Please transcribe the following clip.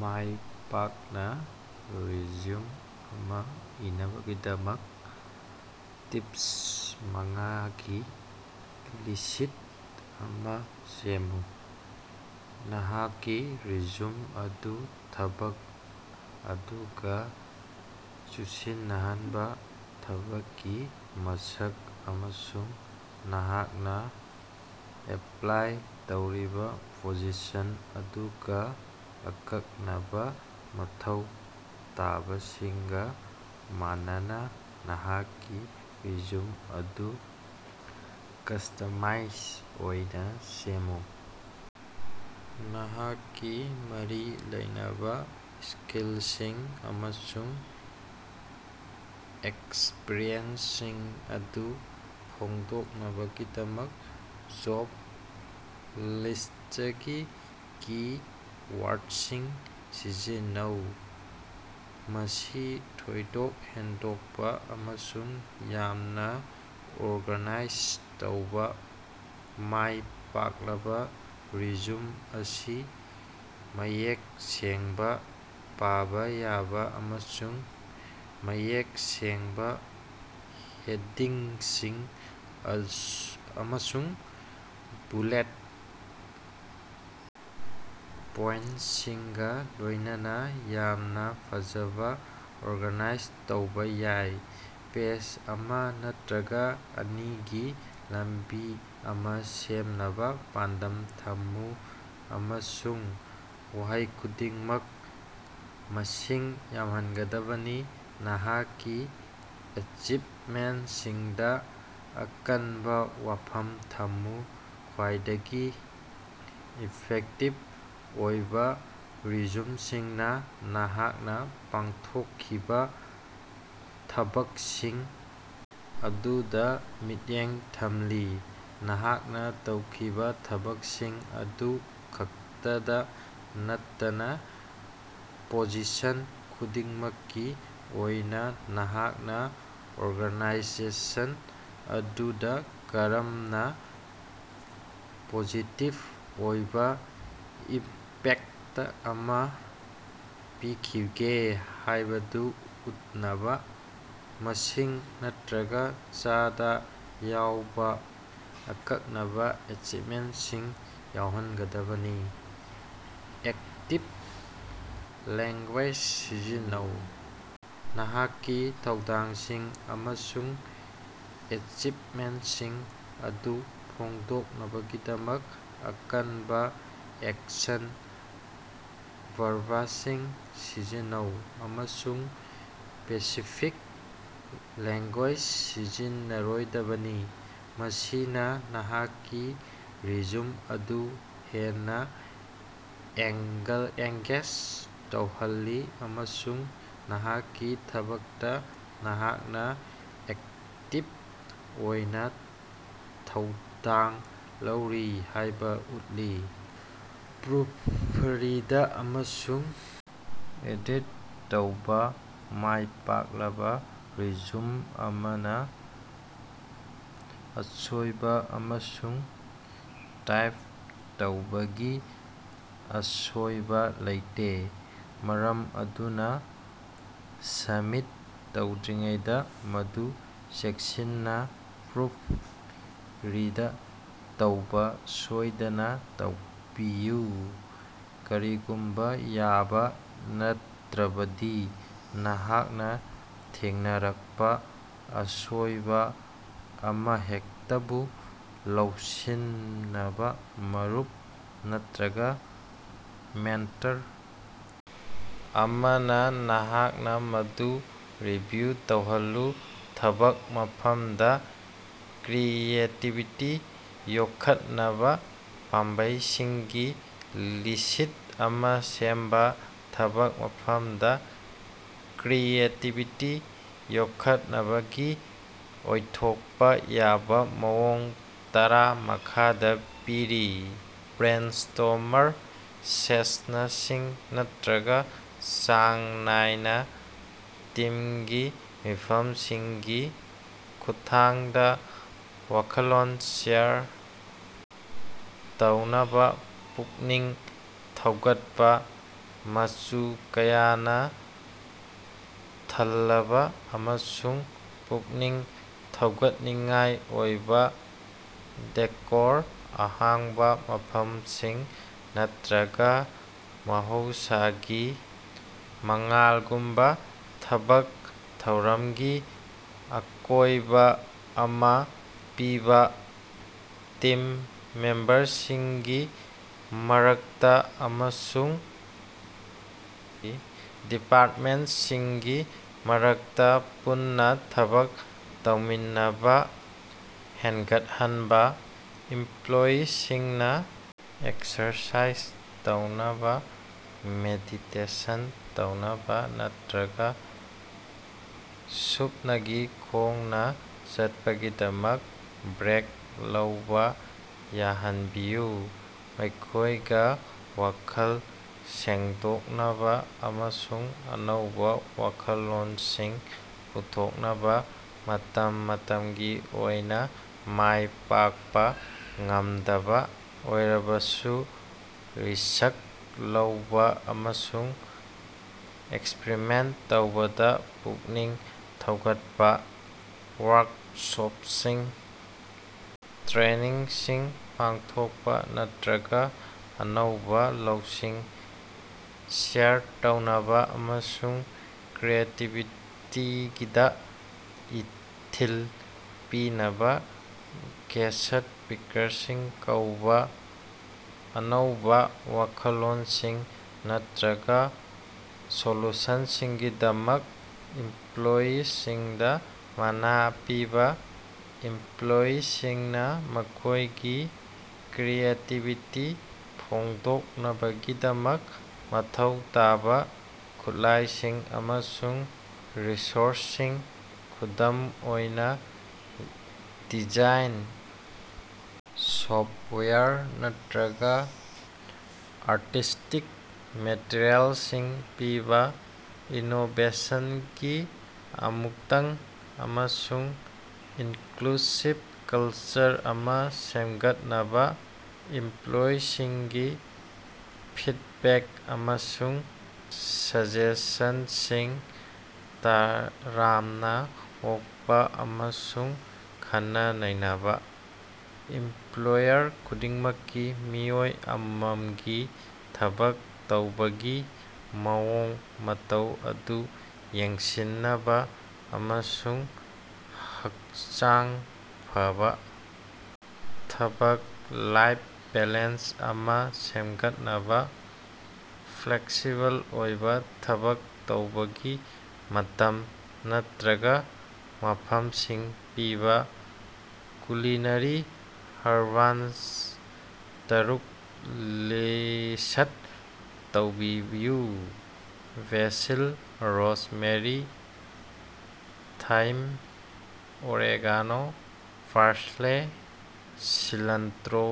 ꯃꯥꯏꯄꯥꯛꯅ résumé ꯑꯃ ꯏꯅꯕꯒꯤꯗꯃꯛ tips ꯃꯉꯥꯒꯤ list ꯑꯃ ꯁꯦꯝꯃꯨ꯫ ꯅꯍꯥꯛꯀꯤ ꯔꯤꯖ꯭ꯌꯨꯝ ꯑꯗꯨ ꯊꯕꯛ ꯑꯗꯨꯒꯥ ꯆꯨꯁꯤꯟꯅꯍꯟꯕꯥ: ꯊꯕꯛꯀꯤ ꯃꯁꯛ ꯑꯃꯁꯨꯡ ꯅꯍꯥꯛꯅꯥ ꯑꯦꯄꯂꯥꯏ ꯇꯧꯔꯤꯕꯥ ꯄꯣꯖꯤꯁꯟ ꯑꯗꯨꯒꯤ ꯑꯀꯛꯅꯕꯥ ꯃꯊꯧ ꯇꯥꯕꯁꯤꯡꯒꯥ ꯃꯥꯟꯅꯅꯥ ꯅꯍꯥꯛꯀꯤ ꯔꯤꯖ꯭ꯌꯨꯝ ꯑꯗꯨ ꯀꯁ꯭ꯇꯃꯁ ꯑꯣꯏꯅꯥ ꯁꯦꯝꯃꯨ꯫ ꯅꯍꯥꯛꯀꯤ ꯃꯔꯤ ꯂꯩꯅꯕꯥ ꯁ꯭ꯀꯤꯜꯁꯤꯡ ꯑꯃꯁꯨꯡ ꯑꯦꯛꯁꯄꯤꯔꯤꯑꯦꯟꯁꯁꯤꯡ ꯑꯗꯨ ꯐꯣꯡꯗꯣꯛꯅꯕꯒꯤꯗꯃꯛ ꯖꯣꯕ ꯂꯤꯁ꯭ꯇꯇꯒꯤ ꯀꯤ-ꯋꯥꯔꯗꯁꯤꯡ ꯁꯤꯖꯤꯟꯅꯧ꯫ ꯃꯁꯤ ꯊꯣꯏꯗꯣꯛ ꯍꯦꯟꯗꯣꯛꯄꯥ ꯑꯃꯁꯨꯡ ꯌꯥꯝꯅꯥ ꯑꯣꯔꯒꯅꯥꯏꯖ ꯇꯧꯕ: ꯃꯥꯏ ꯄꯥꯛꯂꯕꯥ ꯔꯤꯖ꯭ꯌꯨꯝ ꯑꯁꯤ ꯃꯌꯦꯛ ꯁꯦꯡꯕꯥ, ꯄꯥꯕꯥ ꯌꯥꯕ ꯑꯃꯁꯨꯡ ꯃꯌꯦꯛ ꯁꯦꯡꯕꯥ ꯍꯦꯗꯤꯡꯁꯤꯡ ꯑꯃꯁꯨꯡ ꯕꯨꯂꯦꯠ ꯄꯣꯏꯟꯇꯁꯤꯡꯒꯥ ꯂꯣꯏꯅꯅ ꯌꯥꯝꯅꯥ ꯐꯖꯅꯥ ꯑꯣꯔꯒꯅꯥꯏꯖ ꯇꯧꯕꯥ ꯌꯥꯏ꯫ ꯄꯦꯖ ꯑꯃ ꯅꯠꯇꯔꯒꯥ ꯑꯅꯤꯒꯤ ꯂꯝꯕꯤ ꯑꯃ ꯁꯦꯝꯅꯕꯥ ꯄꯥꯟꯗꯝ ꯊꯝꯃꯨ, ꯑꯃꯁꯨꯡ ꯋꯥꯍꯩ ꯈꯨꯗꯤꯡꯃꯛ ꯃꯁꯤꯡ ꯌꯥꯝꯍꯟꯒꯗꯕꯅꯤ꯫ ꯅꯍꯥꯛꯀꯤ ꯑꯦꯆꯤꯕꯃꯦꯟꯇꯁꯤꯡꯗꯥ ꯑꯀꯟꯕꯥ ꯋꯥꯐꯝ ꯊꯝꯃꯨ: ꯈ꯭ꯋꯥꯏꯗꯒꯤ ꯏꯐꯦꯛꯇꯤꯕ ꯑꯣꯏꯕꯥ ꯔꯤꯖ꯭ꯌꯨꯝꯁꯤꯡꯅ ꯅꯍꯥꯛꯅ ꯄꯥꯡꯊꯣꯛꯈꯤꯕ ꯊꯕꯛꯁꯤꯡ ꯑꯗꯨꯗ ꯃꯤꯠꯌꯦꯡ ꯊꯝꯂꯤ- ꯅꯍꯥꯛꯅꯥ ꯇꯧꯈꯤꯕ ꯊꯕꯛꯁꯤꯡ ꯑꯗꯨ ꯈꯛꯇꯗꯥ ꯅꯠꯇꯅꯥ꯫ ꯄꯣꯖꯤꯁꯟ ꯈꯨꯗꯤꯡꯃꯛꯀꯤ ꯑꯣꯏꯅꯥ, ꯅꯍꯥꯛꯅꯥ ꯑꯣꯔꯒꯥꯅꯥꯏꯖꯦꯁꯟ ꯑꯗꯨꯗꯥ ꯀꯔꯝꯅꯥ ꯄꯣꯖꯤꯇꯤꯚ ꯑꯣꯏꯕꯥ ꯏꯝꯄꯦꯛꯇ ꯑꯃ ꯄꯤꯈꯤꯕꯒꯦ ꯍꯥꯏꯕꯗꯨ ꯎꯠꯅꯕꯥ, ꯃꯁꯤꯡ ꯅꯠꯇꯔꯒꯥ ꯆꯥꯗꯥ ꯌꯥꯎꯕꯥ ꯑꯀꯛꯅꯕꯥ ꯑꯦꯆꯤꯚꯃꯦꯟꯇꯁꯤꯡ ꯌꯥꯎꯍꯟꯒꯗꯕꯅꯤ꯫ ꯑꯦꯛꯇꯤꯕ ꯂꯦꯡꯒꯨꯌꯦꯖ ꯁꯤꯖꯤꯟꯅꯧ: ꯅꯍꯥꯛꯀꯤ ꯊꯧꯗꯥꯡꯁꯤꯡ ꯑꯃꯁꯨꯡ ꯑꯦꯆꯤꯕꯃꯦꯟꯇꯁꯤꯡ ꯑꯗꯨ ꯐꯣꯡꯗꯣꯛꯅꯕꯒꯤꯗꯃꯛ ꯑꯀꯟꯕꯥ ꯑꯦꯛꯁꯟ ꯕꯔꯕꯁꯤꯡ ꯁꯤꯖꯤꯟꯅꯧ, ꯑꯃꯁꯨꯡ ꯄꯦꯁꯤꯐꯤꯛ ꯂꯦꯡꯒꯨꯌꯦꯖ ꯁꯤꯖꯤꯟꯅꯔꯣꯏꯗꯕꯅꯤ꯫ ꯃꯁꯤꯅꯥ ꯅꯍꯥꯛꯀꯤ ꯔꯤꯖ꯭ꯌꯨꯝ ꯑꯗꯨ ꯍꯦꯟꯅꯥ ꯑꯦꯡꯒꯦꯖ ꯇꯧꯍꯜꯂꯤ ꯑꯃꯁꯨꯡ ꯅꯍꯥꯛꯀꯤ ꯊꯕꯛꯇꯥ ꯅꯍꯥꯛꯅꯥ ꯑꯦꯛꯇꯤꯕ ꯑꯣꯏꯅꯥ ꯊꯧꯗꯥꯡ ꯂꯧꯔꯤ ꯍꯥꯏꯕꯥ ꯎꯠꯂꯤ꯫ ꯄ꯭ꯔꯨꯐꯔꯤꯗ ꯑꯃꯁꯨꯡ ꯑꯦꯗꯤꯠ ꯇꯧꯕꯥ: ꯃꯥꯏꯄꯥꯛꯂꯕꯥ ꯔꯤꯖ꯭ꯌꯨꯝ ꯑꯃꯅꯥ ꯑꯁꯣꯏꯕ ꯑꯃꯁꯨꯡ ꯇꯥꯏꯞ ꯇꯧꯕꯒꯤ ꯑꯁꯣꯌꯕꯥ ꯂꯩꯇꯦ, ꯃꯔꯝ ꯑꯗꯨꯅꯥ ꯁꯕꯃꯤꯠ ꯇꯧꯗ꯭ꯔꯤꯉꯩꯗꯥ ꯃꯗꯨ ꯆꯦꯛꯁꯤꯟꯅꯥ ꯄ꯭ꯔꯨꯐ ꯔꯤꯗ ꯇꯧꯕꯥ ꯁꯣꯏꯗꯅꯥ ꯇꯧꯕꯤꯌꯨ꯫ ꯀꯔꯤꯒꯨꯝꯕꯥ ꯌꯥꯕꯥ ꯇꯥꯔꯕꯗꯤ, ꯅꯍꯥꯛꯅꯥ ꯊꯦꯡꯅꯔꯛꯄꯥ ꯑꯁꯣꯌꯕꯥ ꯑꯃꯍꯦꯛꯇꯕꯨ ꯂꯧꯁꯤꯟꯅꯕꯥ ꯃꯔꯨꯞ ꯅꯠꯇꯔꯒꯥ ꯃꯦꯟꯇꯔ ꯑꯃꯅꯥ ꯅꯍꯥꯛꯅꯥ ꯃꯗꯨ ꯔꯤꯚꯤꯌꯨ ꯇꯧꯍꯜꯂꯨ꯫ ꯊꯕꯛ ꯃꯐꯝꯗꯥ ꯀ꯭ꯔꯤꯌꯦꯇꯤꯕꯤꯇꯤ ꯌꯣꯛꯈꯠꯅꯕꯥ ꯄꯥꯝꯕꯩꯁꯤꯡꯒꯤ ꯂꯤꯁꯠ ꯑꯃ ꯁꯦꯝꯕꯥ꯫ ꯊꯕꯛ ꯃꯐꯃꯗꯥ ꯀ꯭ꯔꯤꯌꯦꯇꯤꯕꯤꯇꯤ ꯌꯣꯛꯈꯠꯅꯕꯒꯤ ꯑꯣꯏꯊꯣꯛꯄꯥ ꯌꯥꯕꯥ ꯃꯑꯣꯡ ꯇꯔꯥ ꯃꯈꯥꯗꯥ ꯄꯤꯔꯤ: ꯕ꯭ꯔꯦꯟꯁ꯭ꯇꯣꯔꯃꯤꯡ ꯁꯦꯁꯅꯁꯤꯡ ꯅꯠꯇꯔꯒꯥ ꯆꯥꯡ ꯅꯥꯏꯅꯥ ꯇꯤꯃꯒꯤ ꯃꯤꯐꯝꯁꯤꯡꯒꯤ ꯈꯨꯠꯊꯥꯡꯗꯥ ꯋꯥꯈꯜꯂꯣꯟ ꯁꯦꯌꯔ ꯇꯧꯅꯕꯥ ꯄꯨꯛꯅꯤꯡ ꯊꯧꯒꯠꯄꯥ꯫ ꯃꯆꯨ ꯀꯌꯥꯅꯥ ꯊꯜꯂꯕꯥ ꯑꯃꯁꯨꯡ ꯄꯨꯛꯅꯤꯡ ꯊꯧꯒꯠꯅꯤꯡꯉꯥꯏ ꯑꯣꯏꯕꯥ ꯗꯦꯀꯣꯔ, ꯑꯍꯥꯡꯕꯥ ꯃꯐꯝꯁꯤꯡ ꯅꯠꯇꯔꯒꯥ ꯃꯍꯧꯁꯥꯒꯤ ꯃꯉꯥꯜꯒꯨꯝꯕꯥ ꯊꯕꯛ ꯊꯧꯔꯝꯒꯤ ꯑꯀꯣꯏꯕꯥ ꯑꯃ ꯄꯤꯕꯥ꯫ ꯇꯤꯝ ꯃꯦꯝꯕꯔꯁꯤꯡꯒꯤ ꯃꯔꯛꯇꯥ ꯑꯃꯁꯨꯡ ꯗꯤꯄꯥꯔꯇꯃꯦꯟꯇꯁꯤꯡꯒꯤ ꯃꯔꯛꯇꯥ ꯄꯨꯟꯅꯥ ꯊꯕꯛ ꯇꯧꯃꯤꯟꯅꯕꯥ ꯍꯦꯟꯒꯠꯍꯟꯕ ꯫ ꯏꯃꯄꯂꯣꯌꯤꯁꯤꯡꯅꯥ ꯑꯦꯛꯁꯔꯁꯥꯏꯖ ꯇꯧꯅꯕꯥ, ꯃꯦꯗꯤꯇꯦꯁꯟ ꯇꯧꯅꯕꯥ ꯅꯠꯇꯔꯒꯥ ꯁꯨꯞꯅꯒꯤ ꯈꯣꯡꯅꯥ ꯆꯠꯄꯒꯤꯗꯃꯛ ꯕ꯭ꯔꯦꯛ ꯂꯧꯕꯥ ꯌꯥꯍꯟꯕꯤꯌꯨ, ꯃꯈꯣꯏꯒꯤ ꯋꯥꯈꯜ ꯁꯦꯡꯗꯣꯛꯅꯕꯥ ꯑꯃꯁꯨꯡ ꯑꯅꯧꯕꯥ ꯋꯥꯈꯜꯂꯣꯅꯁꯤꯡ ꯄꯨꯊꯣꯛꯅꯕꯥ꯫ ꯃꯇꯝ ꯃꯇꯝꯒꯤ ꯑꯣꯏꯅꯥ ꯃꯥꯏ ꯄꯥꯛꯄꯥ ꯉꯝꯗꯕꯥ ꯑꯣꯏꯔꯕꯁꯨ ꯔꯤꯁꯛ ꯂꯧꯕꯥ ꯑꯃꯁꯨꯡ ꯑꯦꯛꯁꯄꯔꯤꯃꯦꯟꯇ ꯇꯧꯕꯗꯥ ꯄꯨꯛꯅꯤꯡ ꯊꯧꯒꯠꯄꯥ꯫ ꯋꯥꯔꯀꯁꯣꯄꯁꯤꯡ, ꯇ꯭ꯔꯦꯅꯤꯡꯁꯤꯡ ꯄꯥꯡꯊꯣꯛꯄꯥ ꯅꯠꯇꯔꯒꯥ ꯑꯅꯧꯕꯥ ꯂꯧꯁꯤꯡ ꯁꯦꯌꯔ ꯇꯧꯅꯕꯥ ꯑꯃꯁꯨꯡ ꯀ꯭ꯔꯤꯌꯦꯇꯤꯕꯤꯇꯤꯗꯥ ꯏꯊꯤꯜ ꯄꯤꯅꯕꯥ ꯒꯦꯁꯠ ꯁ꯭ꯄꯤꯀꯔꯁꯤꯡ ꯀꯧꯕꯥ꯫ ꯑꯅꯧꯕꯥ ꯋꯥꯈꯜꯂꯣꯟꯁꯤꯡ ꯅꯠꯔꯒꯥ ꯁꯣꯂꯨꯁꯟꯁꯤꯡꯒꯤꯗꯃꯛ ꯏꯃꯄꯂꯣꯌꯤꯁꯤꯡꯗꯥ ꯃꯅꯥ ꯄꯤꯕꯥ꯫ ꯏꯃꯄꯂꯣꯌꯤꯁꯤꯡꯅꯥ ꯃꯈꯣꯏꯒꯤ ꯀ꯭ꯔꯤꯌꯦꯇꯤꯕꯤꯇꯤ ꯐꯣꯡꯗꯣꯛꯅꯕꯒꯤꯗꯃꯛ ꯃꯊꯧ ꯇꯥꯕꯥ ꯈꯨꯠꯂꯥꯏꯁꯤꯡ ꯑꯃꯁꯨꯡ ꯔꯤꯁꯣꯔꯁꯁꯤꯡ, ꯈꯨꯗꯝ ꯑꯣꯏꯅꯥ ꯗꯤꯖꯥꯏꯟ ꯁꯣꯐꯋꯦꯌꯔ ꯅꯠꯔꯒꯥ ꯑꯥꯔꯇꯤꯁꯇꯤꯛ ꯃꯦꯇꯔꯤꯑꯦꯂꯁꯤꯡ ꯄꯤꯕꯥ꯫ ꯏꯅꯣꯕꯦꯁꯟꯒꯤ ꯑꯃꯨꯛꯇꯪ ꯑꯃꯁꯨꯡ ꯏꯟꯀ꯭ꯂꯨꯁꯤꯕ ꯀꯜꯆꯔ ꯑꯃ ꯁꯦꯝꯒꯠꯅꯕꯥ, ꯏꯝꯄꯂꯣꯌꯤꯁꯤꯡꯒꯤ ꯐꯤꯗꯕꯦꯛ ꯑꯃꯁꯨꯡ ꯁꯖꯦꯁꯟꯁꯤꯡ ꯇꯔꯥꯝꯅꯥ ꯑꯣꯛꯄꯥ ꯑꯃꯁꯨꯡ ꯈꯟꯅ-ꯅꯩꯅꯕꯥ꯫ ꯑꯦꯃꯄꯂꯣꯌꯔ ꯈꯨꯗꯤꯡꯃꯛꯀꯤ ꯃꯤꯑꯣꯏ ꯑꯃꯃꯝꯒꯤ ꯊꯕꯛ ꯇꯧꯕꯒꯤ ꯃꯑꯣꯡ ꯃꯇꯧ ꯑꯗꯨ ꯌꯦꯡꯁꯤꯟꯅꯕꯥ ꯑꯃꯁꯨꯡ ꯍꯛꯆꯥꯡ ꯐꯕꯥ ꯊꯕꯛ-ꯂꯥꯏꯐ ꯕꯦꯂꯦꯟꯁ ꯑꯃ ꯁꯦꯝꯒꯠꯅꯕꯥ, ꯐ꯭ꯂꯦꯛꯁꯤꯕꯜ ꯑꯣꯏꯕꯥ ꯊꯕꯛ ꯇꯧꯕꯒꯤ ꯃꯇꯝ ꯅꯠꯇꯔꯒꯥ ꯃꯐꯃꯁꯤꯡ ꯄꯤꯕꯥ꯫ ꯀꯨꯂꯤꯅꯔꯤ ꯍꯔꯕꯁ ꯇꯔꯨꯛ ꯂꯤꯁꯠ ꯇꯧꯕꯤꯌꯨ꯫ Basil rosemary thyme oregano parsley ꯁꯤꯂꯟꯇꯔꯣ